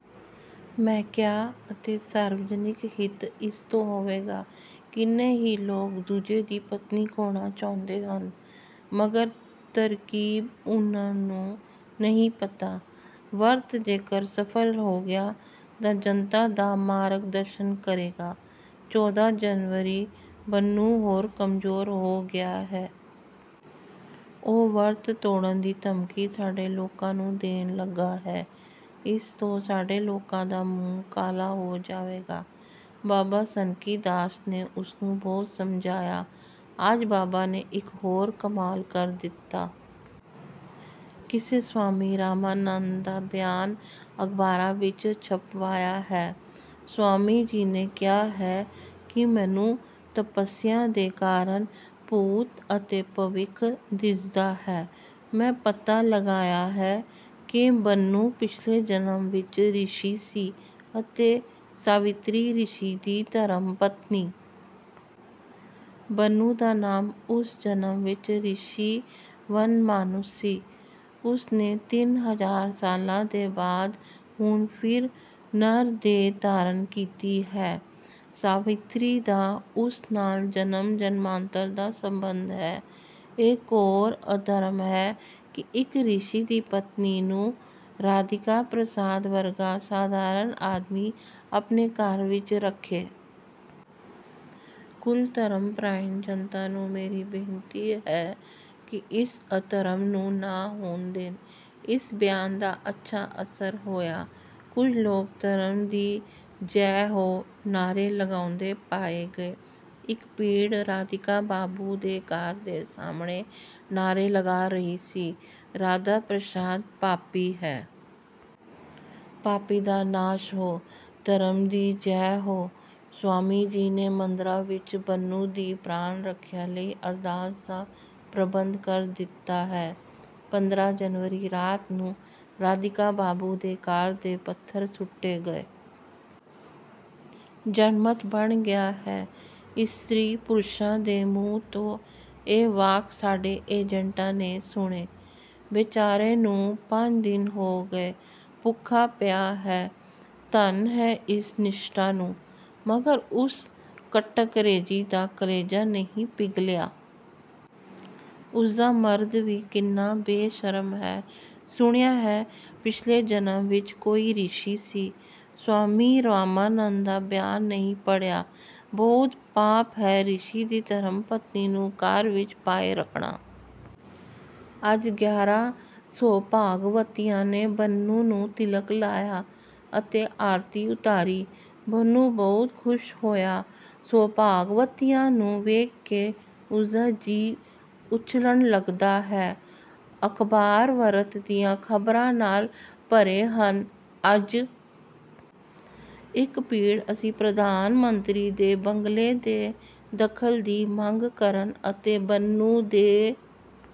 ਮੈਂ ਕਿਹਾ ਅਤੇ ਸਰਵਜਨਿਕ ਹਿੱਤ ਇਸਤੋਂ ਹੋਵੇਗਾ। ਕਿੰਨੇ ਹੀ ਲੋਕ ਦੂਜੇ ਦੀ ਪਤਨੀ ਖੋਹਣਾ ਚਾਹੁੰਦੇ ਹਨ, ਮਗਰ ਤਰਕੀਬ ਉਨ੍ਹਾਂ ਨੂੰ ਨਹੀਂ ਪਤਾ। ਵਰਤ ਜੇਕਰ ਸਫਲ ਹੋ ਗਿਆ, ਤਾਂ ਜਨਤਾ ਦਾ ਮਾਰਗਦਰਸ਼ਨ ਕਰੇਗਾ। ਚੌਦ੍ਹਾਂ ਜਨਵਰੀ ਬੰਨੂ ਹੋਰ ਕਮਜੋਰ ਹੋ ਗਿਆ ਹੈ। ਉਹ ਵਰਤ ਤੋੜਨ ਦੀ ਧਮਕੀ ਸਾਡੇ ਲੋਕਾਂ ਨੂੰ ਦੇਣ ਲਗਾ ਹੈ। ਇਸ ਤੋਂ ਸਾਡੇ ਲੋਕਾਂ ਦਾ ਮੂੰਹ ਕਾਲਾ ਹੋ ਜਾਵੇਗਾ। ਬਾਬਾ ਸਨਕੀਦਾਸ ਨੇ ਉਸਨੂੰ ਬਹੁਤ ਸਮਝਾਇਆ। ਅੱਜ ਬਾਬਾ ਨੇ ਇੱਕ ਹੋਰ ਕਮਾਲ ਕਰ ਦਿੱਤਾ। ਕਿਸੇ ਸਵਾਮੀ ਰਾਮਾਨੰਦ ਦਾ ਬਿਆਨ ਅਖ਼ਬਾਰਾਂ ਵਿੱਚ ਛਪਵਾਇਆ ਹੈ। ਸਵਾਮੀ ਜੀ ਨੇ ਕਿਹਾ ਹੈ ਕਿ ਮੈਨੂੰ ਤਪਸਿਆ ਦੇ ਕਾਰਨ ਭੂਤ ਅਤੇ ਭਵਿੱਖ ਦਿਸਦਾ ਹੈ। ਮੈਂ ਪਤਾ ਲਗਾਇਆ ਹੈ ਕਿ ਬੰਨੂ ਪਿਛਲੇ ਜਨਮ ਵਿੱਚ ਰਿਸ਼ੀ ਸੀ ਅਤੇ ਸਾਵਿਤਰੀ ਰਿਸ਼ੀ ਦੀ ਧਰਮਪਤਨੀ। ਬੰਨੂ ਦਾ ਨਾਮ ਉਸ ਜਨਮ ਵਿੱਚ ਰਿਸ਼ੀ ਵਨਮਾਨੁਸ ਸੀ। ਉਸਨੇ ਤਿੰਨ ਹਜਾਰ ਸਾਲਾਂ ਦੇ ਬਾਅਦ ਹੁਣ ਫਿਰ ਨਰਦੇਹ ਧਾਰਨ ਕੀਤੀ ਹੈ। ਸਾਵਿਤਰੀ ਦਾ ਉਸ ਨਾਲ ਜਨਮ-ਜਨਮਾਂਤਰ ਦਾ ਸੰਬੰਧ ਹੈ। ਇਹ ਘੋਰ ਅਧਰਮ ਹੈ ਕਿ ਇੱਕ ਰਿਸ਼ੀ ਦੀ ਪਤਨੀ ਨੂੰ ਰਾਧੀਕਾ ਪ੍ਰਸਾਦ, ਵਰਗਾ ਸਧਾਰਣ ਆਦਮੀ ਆਪਣੇ ਘਰ ਵਿੱਚ ਰੱਖੇ। ਕੁਲ ਧਰਮਪ੍ਰਾਇਣ ਜਨਤਾ ਨੂੰ ਮੇਰੀ ਬੇਨਤੀ ਹੈ ਕਿ ਇਸ ਅਧਰਮ ਨੂੰ ਨਾ ਹੋਣ ਦੇਣ। ਇਸ ਬਿਆਨ ਦਾ ਅੱਛਾ ਅਸਰ ਹੋਇਆ। ਕੁੱਝ ਲੋਕ ਧਰਮ ਦੀ ਜੈ ਹੋ! ਨਾਹਰੇ ਲਗਾਉਂਦੇ ਪਾਏ ਗਏ। ਇੱਕ ਭੀੜ ਰਾਧੀਕਾ ਬਾਬੂ ਦੇ ਘਰ ਦੇ ਸਾਹਮਣੇ ਨਾਹਰੇ ਲਗਾ ਰਹੀ ਸੀ, 'ਰਾਧਾ ਪ੍ਰਸਾਦ ਪਾਪੀ ਹੈ! ਪਾਪੀ ਦਾ ਨਾਸ਼ ਹੋ! ਧਰਮ ਦੀ ਜੈ ਹੋ।' ਸਵਾਮੀ ਜੀ ਨੇ ਮੰਦਿਰਾਂ ਵਿੱਚ ਬੰਨੂ ਦੀ ਪ੍ਰਾਣ-ਰੱਖਿਆ ਲਈ ਅਰਦਾਸ ਦਾ ਪ੍ਰਬੰਧ ਕਰਾ ਦਿੱਤਾ ਹੈ। ਪੰਦਰਾਂ ਜਨਵਰੀ ਰਾਤ ਨੂੰ ਰਾਧੀਕਾ ਬਾਬੂ ਦੇ ਘਰ ਤੇ ਪੱਥਰ ਸੁੱਟੇ ਗਏ। ਜਨਮਤ ਬਣ ਗਿਆ ਹੈ। ਇਸਤਰੀ-ਪੁਰਸ਼ਾਂ ਦੇ ਮੂੰਹ ਤੋਂ ਇਹ ਵਾਕ ਸਾਡੇ ਏਜੇਂਟਾਂ ਨੇ ਸੁਣੇ ।"ਬੇਚਾਰੇ ਨੂੰ ਪੰਜ ਦਿਨ ਹੋ ਗਏ। ਭੁੱਖਾ ਪਿਆ ਹੈ। " "ਧੰਨ ਹੈ ਇਸ ਨਿਸ਼ਠਾ ਨੂੰ। " "ਮਗਰ ਉਸ ਕਠਕਰੇਜੀ ਦਾ ਕਲੇਜਾ ਨਹੀਂ ਪਿਘਲਿਆ। " "ਉਸਦਾ ਮਰਦ ਵੀ ਕਿੰਨਾ ਬੇਸ਼ਰਮ ਹੈ। " "ਸੁਣਿਆ ਹੈ ਪਿਛਲੇ ਜਨਮ ਵਿੱਚ ਕੋਈ ਰਿਸ਼ੀ ਸੀ। " "ਸਵਾਮੀ ਰਾਮਾਨੰਦ ਦਾ ਬਿਆਨ ਨਹੀਂ ਪੜ੍ਹਿਆ! " "ਬਹੁਤ ਪਾਪ ਹੈ ਰਿਸ਼ੀ ਦੀ ਧਰਮਪਤਨੀ ਨੂੰ ਘਰ ਵਿੱਚ ਪਾਏ ਰੱਖਣਾ। " ਅੱਜ ਗਿਆਰਾਂ ਸੌਭਾਗਵਤੀਆਂ ਨੇ ਬੰਨੂ ਨੂੰ ਤਿਲਕ ਲਾਇਆ ਅਤੇ ਆਰਤੀ ਉਤਾਰੀ। ਬੰਨੂ ਬਹੁਤ ਖੁਸ਼ ਹੋਇਆ। ਸੌਭਾਗਵਤੀਆਂ ਨੂੰ ਵੇਖ ਕੇ ਉਸਦਾ ਜੀ ਉਛਲਣ ਲੱਗਦਾ ਹੈ। ਅਖਬਾਰ ਵਰਤ ਦੀਆਂ ਖਬਰਾਂ ਨਾਲ ਭਰੇ ਹਨ। ਅੱਜ ਇੱਕ ਭੀੜ ਅਸੀਂ ਪ੍ਰਧਾਨ ਮੰਤਰੀ ਦੇ ਬੰਗਲੇ ਤੇ ਦਖਲ ਦੀ ਮੰਗ ਕਰਨ ਅਤੇ ਬੰਨੂ ਦੇ